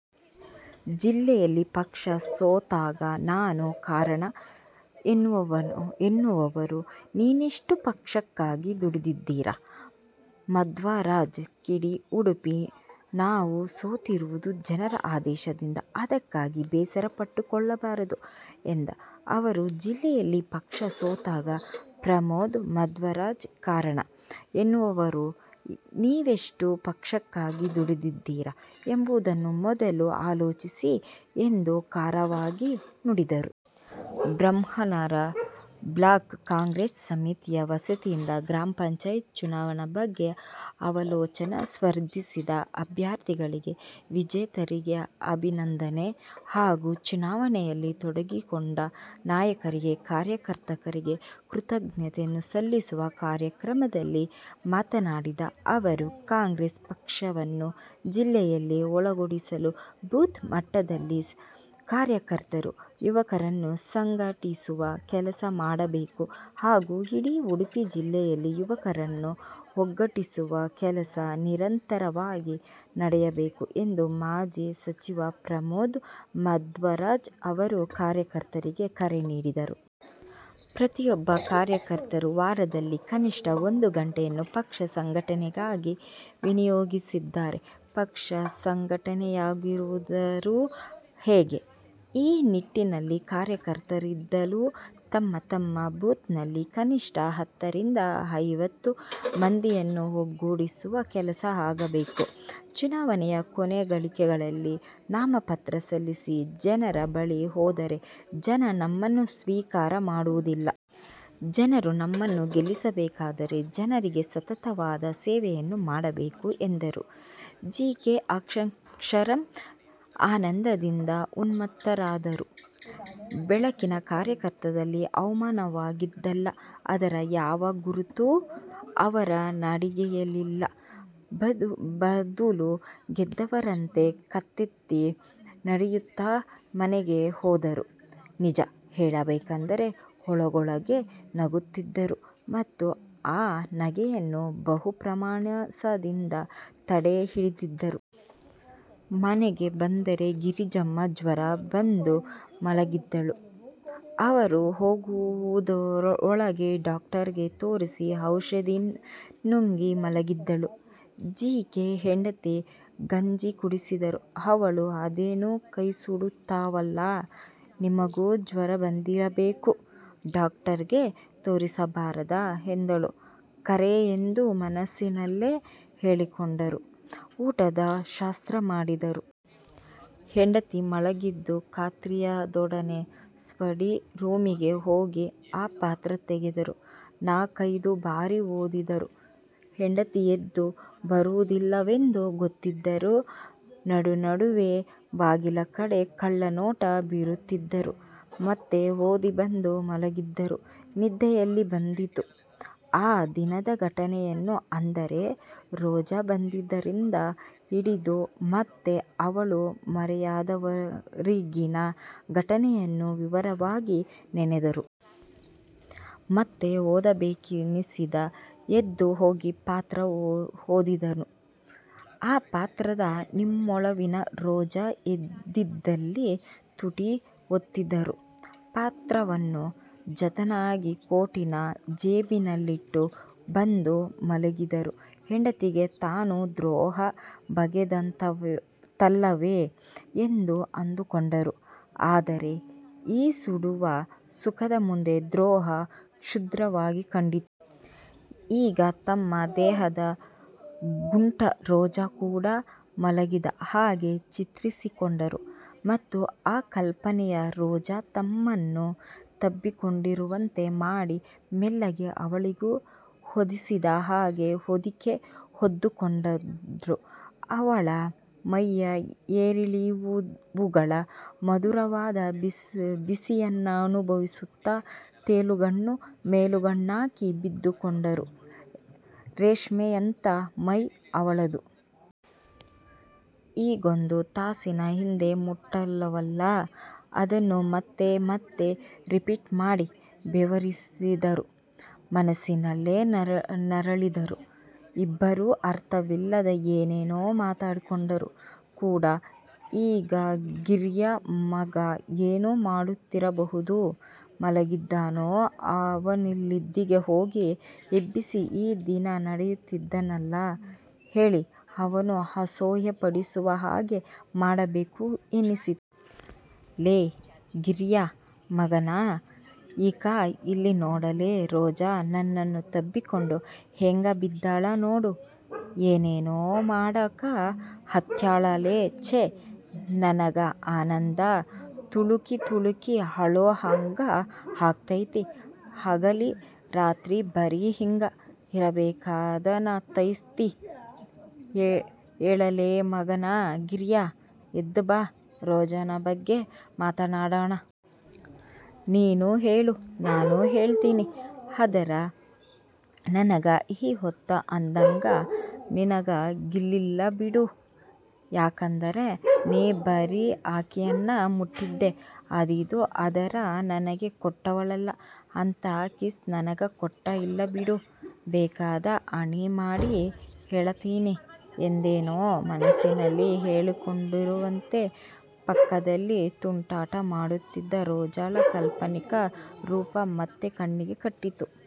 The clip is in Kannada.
ಜಿಲ್ಲೆಯಲ್ಲಿ ಪಕ್ಷ ಸೋತಾಗ ನಾನು ಕಾರಣ ಎನ್ನುವವರು ನೀವೆಷ್ಟು ಪಕ್ಷಕ್ಕಾಗಿ ದುಡಿದಿದ್ದೀರಾ? ಮಧ್ವರಾಜ್ ಕಿಡಿ ಉಡುಪಿ: ನಾವು ಸೋತಿರುವುದು ಜನರ ಆದೇಶದಿಂದ ಅದಕ್ಕಾಗಿ ಬೇಸರ ಪಟ್ಟುಕೊಳ್ಳುಬಾರದು ಎಂದ ಅವರು, ಜಿಲ್ಲೆಯಲ್ಲಿ ಪಕ್ಷ ಸೋತಾಗ ಪ್ರಮೋದ್ ಮಧ್ವರಾಜ್ ಕಾರಣ ಎನ್ನುವವರು ನೀವೆಷ್ಟು ಪಕ್ಷಕ್ಕಾಗಿ ದುಡಿದಿದ್ದೀರಾ ಎಂಬುದನ್ನು ಮೊದಲು ಆಲೋಚಿಸಿ ಎಂದು ಖಾರವಾಗಿ ನುಡಿದರು. ಬ್ರಹ್ಮಾವರ ಬ್ಲಾಕ್ ಕಾಂಗ್ರೆಸ್ ಸಮಿತಿಯ ವತಿಯಿಂದ ಗ್ರಾಮ ಪಂಚಾಯತ್ ಚುನಾವಣಾ ಬಗ್ಗೆ ಅವಲೋಕನ, ಸ್ಪರ್ಧಿಸಿದ ಅಭ್ಯರ್ಥಿಗಳಿಗೆ, ವಿಜೇತರಿಗೆ ಅಭಿನಂದನೆ ಹಾಗೂ ಚುನಾನಣೆಯಲ್ಲಿ ತೊಡಗಿಸಿಕೊಂಡ ನಾಯಕರಿಗೆ, ಕಾರ್ಯಕರ್ತರಿಗೆ ಕೃತಜ್ಞತೆಯನ್ನ ಸಲ್ಲಿಸುವ ಕಾರ್ಯಕ್ರಮದಲ್ಲಿ ಮಾತನಾಡಿದ ಅವರು, ಕಾಂಗ್ರೆಸ್ ಪಕ್ಷವನ್ನು ಜಿಲ್ಲೆಯಲ್ಲಿ ಬಲಗೊಳಿಸಲು ಬೂತ್ ಮಟ್ಟದಲ್ಲಿ ಕಾರ್ಯಕರ್ತರು ಯುವಕರನ್ನು ಸಂಘ ಟಿಸುವ ಕೆಲಸ ಮಾಡಬೇಕು ಹಾಗೂ ಇಡೀ ಉಡುಪಿ ಜಿಲ್ಲೆಯಲ್ಲಿ ಯುವಕರನ್ನು ಒಗ್ಗೂಡಿಸುವ ಕೆಲಸ ನಿರಂತರ ವಾಗಿ ನಡೆಯಬೇಕು ಎಂದು ಮಾಜಿ ಸಚಿವ ಪ್ರಮೋದ್ ಮಧ್ವರಾಜ್ ಅವರು ಕಾರ್ಯಕರ್ತರಿಗೆ ಕರೆ ನೀಡಿದರು. ಪ್ರತಿಯೊಬ್ಬ ಕಾರ್ಯಕರ್ತರು ವಾರದಲ್ಲಿ ಕನಿಷ್ಟ ಒಂದು ಗಂಟೆಯನ್ನು ಪಕ್ಷ ಸಂಘಟನೆಗಾಗಿ ವಿನಿಯೋಗಿಸದಿದ್ದರೆ ಪಕ್ಷ ಸಂಘಟನೆಯಾಗುವುದಾದರೂ ಹೇಗೆ. ಈ ನಿಟ್ಟಿನಲ್ಲಿ ಕಾರ್ಯಕರ್ತರಿಂದಲೂ ತಮ್ಮ ತಮ್ಮ ಬೂತ್ ನಲ್ಲಿ ಕನಿಷ್ಟ ಹತ್ತರಿಂದ ಐವತ್ತು ಮಂದಿಯನ್ನು ಒಗ್ಗೂಡಿಸುವ ಕೆಲಸ ಆಗಬೇಕು. ಚುನಾವಣೆಯ ಕೊನೇ ಗಳಿಗೆಯಲ್ಲಿ ನಾಮ ಪತ್ರ ಸಲ್ಲಿಸಿ ಜನರ ಬಳಿ ಹೋದರೆ ಜನ ನಮ್ಮನ್ನು ಸ್ವೀಕಾರ ಮಾಡುವುದಿಲ್ಲ. ಜನರು ನಮ್ಮನ್ನು ಗೆಲ್ಲಿಸಬೇಕಾದರೆ ಜನರಿಗೆ ಸತತವಾದ ಸೇವೆಯನ್ನು ಮಾಡಬೇಕು ಎಂದರು. ಜೀಕೆ ಅಕ್ಷರಶಃ ಆನಂದಿಂದ ಉನ್ಮತ್ತರಾದರು. ಬೆಳಗಿನ ಕಾರ್ಯಕ್ರಮದಲ್ಲಿ ಅವಮಾನವಾಗಿತ್ತಲ್ಲ ಅದರ ಯಾವ ಗುರುತೂ ಅವರ ನಡಿಗೆಯಲ್ಲಿರಲಿಲ್ಲ. ಬದುಲು ಗೆದ್ದವರಂತೆ ಕತ್ತೆತ್ತಿ ನಡೆಯುತ್ತ ಮನೆಗೆ ಹೋದರು. ನಿಜ ಹೇಳಬೇಕೆಂದರೆ ಒಳಗೊಳಗೇ ನಗುತ್ತಿದ್ದರು. ಮತ್ತು ಆ ನಗೆಯನ್ನು ಬಹು ಪ್ರಯಾಸದಿಂದ ತಡೆ ಹಿಡಿದಿದ್ದರು. ಮನೆಗೆ ಬಂದರೆ ಗಿರಿಜಮ್ಮ ಜ್ವರ ಬಂದು ಮಲಗಿದ್ದಳು. ಇವರು ಹೋಗುವುದರೊಳಗೆ ಡಾಕ್ಟರ್ಗೆ ತೋರಿಸಿ ಔಷಧಿ ನುಂಗಿ ಮಲಗಿದ್ದಳು. ಜೀಕೆ ಹೆಂಡತಿಗೆ ಗಂಜಿ ಕುಡಿಸಿದರು. ಅವಳು 'ಅದೇನು ಕೈಸುಡುತ್ತಾವಲ್ಲ, ನಿಮಗೂ ಜ್ವರ ಬಂದಿರಬೇಕು. ಡಾಕ್ಟರಿಗೆ ತೋರಿಸಬಾರದ? ' ಎಂದಳು. 'ಖರೆ' ಎಂದು ಮನಸ್ಸಿನಲ್ಲೆ ಹೇಳಿಕೊಂಡರು. ಊಟದ ಶಾಸ್ತ್ರ ಮಾಡಿದರು. ಹೆಂಡತಿ ಮಲಗಿದ್ದು ಖಾತ್ರಿಯಾದೊಡನೆ ಸ್ಟಡಿ ರೂಮಿಗೆ ಹೋಗಿ ಆ ಪತ್ರ ತೆಗೆದರು. ನಾಕೈದು ಬಾರಿ ಓದಿದರು. ಹೆಂಡತಿ ಎದ್ದು ಬರುವುದಿಲ್ಲವೆಂದು ಗೊತ್ತಿದ್ದರೂ ನಡುನಡುವೆ ಬಾಗಿಲ ಕಡೆ ಕಳ್ಳ ನೋಟ ಬೀರುತ್ತಿದ್ದರು. ಮತ್ತೆ ಓದಿ ಬಂದು ಮಲಗಿದರು. ನಿದ್ದೆಯಲ್ಲಿ ಬಂದೀತು? ಆ ದಿನದ ಘಟನೆಯನ್ನು ಅಂದರೆ ರೋಜಾ ಬಂದಿದ್ದರಿಂದ ಹಿಡಿದು ಮತ್ತೆ ಅವಳು ಮರೆಯಾದವರೆಗಿನ ಘಟನೆಯನ್ನು ವಿವರವಾಗಿ ನೆನೆದರು. ಮತ್ತೆ ಓದಬೇಕೆನಿಸಿ ಎದ್ದು ಹೋಗಿ ಪತ್ರ ಓದಿದರು. ಆ ಪತ್ರದ 'ನಿಮ್ಮೊಲವಿನ ರೋಜಾ' ಎಂದಿದ್ದಲ್ಲಿ ತುಟಿ ಒತ್ತಿದರು. ಪತ್ರವನ್ನು ಜತನವಾಗಿ ಕೋಟಿನ ಜೇಬಿನಲ್ಲಿಟ್ಟು ಬಂದು ಮಲಗಿದರು. ಹೆಂಡತಿಗೆ ತಾನು ದ್ರೋಹ ಬಗೆದಂತಲ್ಲವೇ ಎಂದು ಅಂದುಕೊಂಡರು. ಆದರೆ ಈ ಸುಡುವ ಸುಖದ ಮುಂದೆ ದ್ರೋಹ ಕ್ಷುದ್ರವಾಗಿ ಕಂಡಿತು. ಈಗ ತಮ್ಮ ದೇಹದ ಗುಂಟ ರೋಜಾ ಕೂಡ ಮಲಗಿದ ಹಾಗೆ ಚಿತ್ರಿಸಿಕೊಂಡರು. ಮತ್ತು ಆ ಕಲ್ಪನೆಯ ರೋಜಾ ತಮ್ಮನ್ನು ತಬ್ಬಿಕೊಂಡಿರುವಂತೆ ಮಾಡಿ ಮೆಲ್ಲಗೆ ಅವಳಿಗೂ ಹೊದಿಸಿದ ಹಾಗೆ ಹೊದಿಕೆ ಹೊದ್ದುಕೊಂಡರು. ಅವಳ ಮೈಯ ಏರಿಳಿವುಗಳ ಮಧುರವಾದ ಬಿಸಿಯನ್ನನುಭವಿಸುತ್ತ ತೇಲುಗಣ್ಣು ಮೇಲುಗಣ್ಣಾಗಿ ಬಿದ್ದುಕೊಂಡರು. ರೇಷ್ಮೆಯಂಥ ಮೈ ಅವಳದು. ಈಗೊಂದು ತಾಸಿನ ಹಿಂದೆ ಮುತ್ತಿಟ್ಟಳಲ್ಲ ಅದನ್ನು ಮತ್ತೆ ಮತ್ತೆ ರಿಪೀಟ್ ಮಾಡಿ ಬೆವರಿದರು. ಮನಸ್ಸಿನಲ್ಲೇ ನರಳಿದರು. ಇಬ್ಬರೂ ಅರ್ಥವಿಲ್ಲದ ಏನೇನೋ ಮಾತಾಡಿಕೊಂಡರು ಕೂಡ. ಈಗ ಗಿರ್ಯಾ ಮಗ ಏನು ಮಾಡುತ್ತಿರಬಹುದು? ಮಲಗಿದ್ದಾನೋ ಅವನಿದ್ದಲ್ಲಿಗೆ ಹೋಗಿ ಎಬ್ಬಿಸಿ, ಈ ದಿನ ನಡೆದದ್ದನ್ನೆಲ್ಲ ಹೇಳಿ ಅವನು ಅಸೂಯೆಪಡುವ ಹಾಗೆ ಮಾಡಬೇಕು ಎನ್ನಿಸಿತು. 'ಲೇ ಗಿರ್ಯಾ ಮಗನ, ಇಕಾ ಇಲ್ಲಿ ನೋಡಲೆ; ರೋಜಾ ನನ್ನನ್ನು ತಬ್ಬಿಕೊಂಡು ಹೆಂಗ ಬಿದ್ದಾಳ ನೋಡು. ಏನೇನೋ ಮಾಡಕ ಹತ್ಯಾಳಲೇ! ಛೇ, ನನಗ ಆನಂದ ತುಳುಕಿ ತುಳುಕಿ ಅಳೋ ಹಾಂಗ ಆಗತೈತಿ, ಹಗಲಿ ರಾತ್ರಿ ಬರಿ ಹಿಂಗ ಇರಬೇಕನಸತೈತಿ. ಏಳಲೇಮಗನ ಗಿರ್ಯಾ, ಎದ್ದ ಬಾ, ರೋಜಾನ ಬಗ್ಗೆ ಮಾತಾಡೋಣ. ನೀನೂ ಹೇಳು ನಾನೂ ಹೇಳತೀನಿ. ಆದರ ನನಗ ಈ ಹೊತ್ತ ಅಧಾಂಗ ನಿನಗ ಆಗಿಲ್ಲಬಿಡು. ಯಾಕಂದರ ನೀ ಬರೀ ಆಕೀನ್ನ ಮುಟ್ಟಿದ್ದೀ ಆದೀತು, ಆದರ ನನಗೆ ಕೊಟ್ಟಳಲ್ಲ ಅಂಥ ಕಿಸ್ ನಿನಗ ಕೊಟ್ಟ ಇಲ್ಲ ಬಿಡು. ಬೇಕಾದರ ಆಣೀ ಮಾಡಿ ಹೇಳತೀನಿ. ' ಎಂದೇನೇನೋ ಮನಸ್ಸಿನಲ್ಲಿ ಹೇಳಿಕೊಳ್ಳುತ್ತಿರುವಂತೆ ಪಕ್ಕದಲ್ಲಿ ತುಂಟಾಟ ಮಾಡುತ್ತಿದ್ದ ರೋಜಾಳ ಕಾಲ್ಪನಿಕ ರೂಪ ಮತ್ತೆ ಕಣ್ಣಿಗೆ ಕಟ್ಟಿತು.